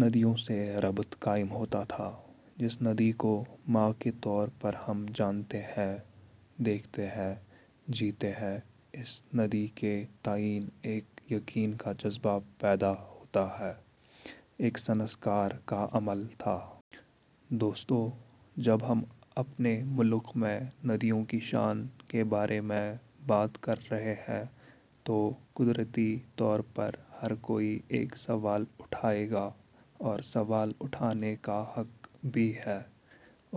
ندیوں سے ربط قائم ہوتاتھا۔ جس ندی کو ماں کے طور پر ہم جانتے ہیں ، دیکھتے ہیں ، جیتے ہیں اس ندی کے تئیں ایک یقین کا جذبہ پیدا ہوتا تھا۔ ایک سنسکار کا عمل تھا۔ دوستو ، جب ہم اپنے ملک میں ندیوں کی شان کے بارے میں بات کر رہے ہیں تو قدرتی طور پر ہر کوئی ایک سوال اٹھائے گا اور سوال اٹھانے کا حق بھی ہے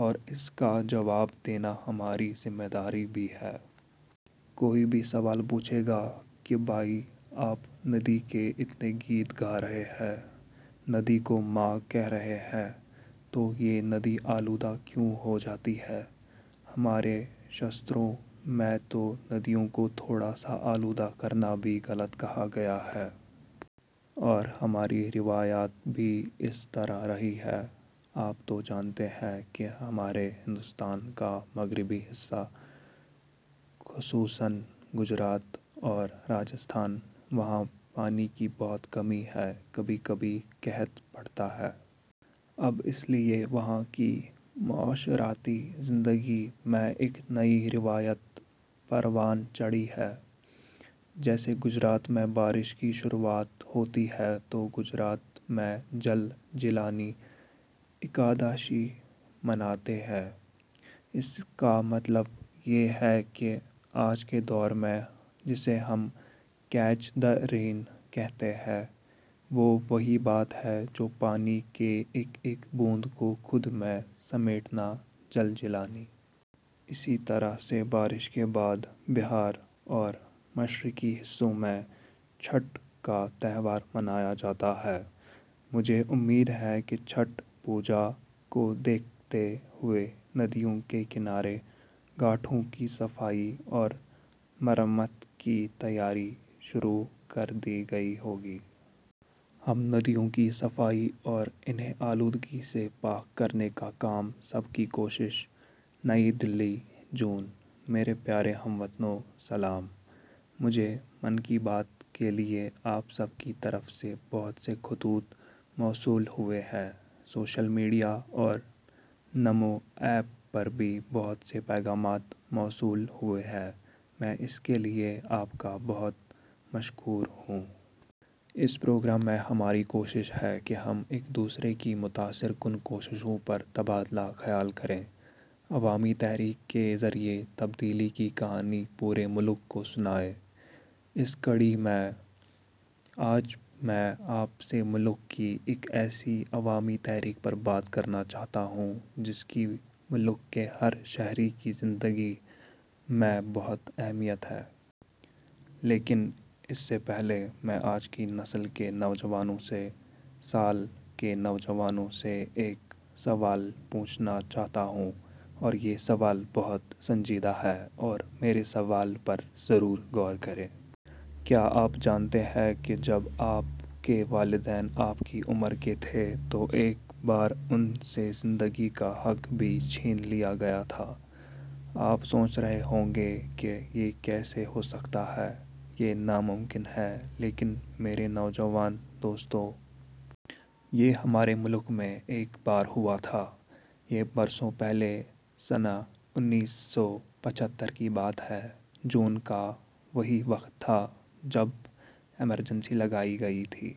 اور اس کا جواب دینا ہماری ذمہ داری بھی ہے۔ کوئی بھی سوال پوچھے گا کہ بھائی آپ ندی کے اتنے گیت گا رہے ہیں ، ندی کو ماں کہہ رہے ہیں ، تو یہ ندی آلودہ کیوں ہوجاتی ہے؟ ہمارے شاستروں میں تو ندیوں کو تھوڑا سا آلودہ کرنا بھی غلط کہا گیا ہے۔ اور ہماری روایات بھی اس طرح رہی ہیں ، آپ تو جانتے ہیں کہ ہمارے ہندوستان کا مغربی حصہ خصوصا گجرات اور راجستھان ، وہاں پانی کی بہت کمی ہے۔ کبھی کبھی قحط پڑتا ہے۔ اب اس لیے وہاں کی معاشرتی زندگی میں ایک نئی روایت پروان چڑھی ہے۔ جیسے گجرات میں بارش کی شروعات ہوتی ہے تو گجرات میں جل– جیلانی اکادشی مناتے ہیں۔ اس کا مطلب یہ ہے کہ آج کے دور میں ، جسے ہم 'کیچ دی رین' کہتے ہیں ،وہ وہی بات ہے جو پانی کے ایک ایک بوند کو خود میں سمیٹنا، جل – جیلانی۔ اسی طرح سے بارش کے بعد بہار اور مشرقی حصوں میں چھٹ کا تہوار منایا جاتا ہے۔ مجھے امید ہے کہ چھٹ پوجا کو دیکھتے ہوئے ندیوں کے کنارے ، گھاٹوں کی صفائی اور مرمت کی تیاری شروع کر دی گئی ہوگی۔ ہم ندیوں کی صفائی اور انہیں آلودگی سے پاک کرنے کا کام سب کی کوشش. نئی دہلی، /جون۔ میرے پیارے ہم وطنو، سلام۔ مجھے 'من کی بات' کے لیے آپ سب کی طرف سے بہت سے خطوط موصول ہوئے ہیں، سوشل میڈیا اور نمو ایپ پر بھی بہت سے پیغامات موصول ہوئے ہیں، میں اس کے لیے آپ کا بہت مشکور ہوں۔ اس پروگرام میں ہماری کوشش ہے کہ ہم ایک دوسرے کی متاثر کن کوششوں پر تبادلہ خیال کریں، عوامی تحریک کے ذریعے تبدیلی کی کہانی پورے ملک کو سنائیں۔ اس کڑی میں آج میں آپ سے ملک کی ایک ایسی عوامی تحریک پر بات کرنا چاہتا ہوں، جس کی ملک کے ہر شہری کی زندگی میں بہت اہمیت ہے۔ لیکن، اس سے پہلے، میں آج کی نسل کے نوجوانوں سے، - سال کے نوجوانوں سے ایک سوال پوچھنا چاہتا ہوں، اور یہ سوال بہت سنجیدہ ہے، اور میرے سوال پر ضرور غور کریں۔ کیا آپ جانتے ہیں کہ جب آپ کے والدین آپ کی عمر کے تھے تو ایک بار ان سے زندگی کا حق بھی چھین لیا گیا تھا! آپ سوچ رہے ہوں گے کہ یہ کیسے ہوسکتا ہے؟ یہ ناممکن ہے، لیکن میرے نوجوان دوستو! یہ ہمارے ملک میں ایک بار ہوا تھا۔ یہ برسوں پہلے سنہ انیس سو پچھتر کی بات ہے۔ جون کا وہی وقت تھا جب ایمرجنسی لگائی گئی تھی۔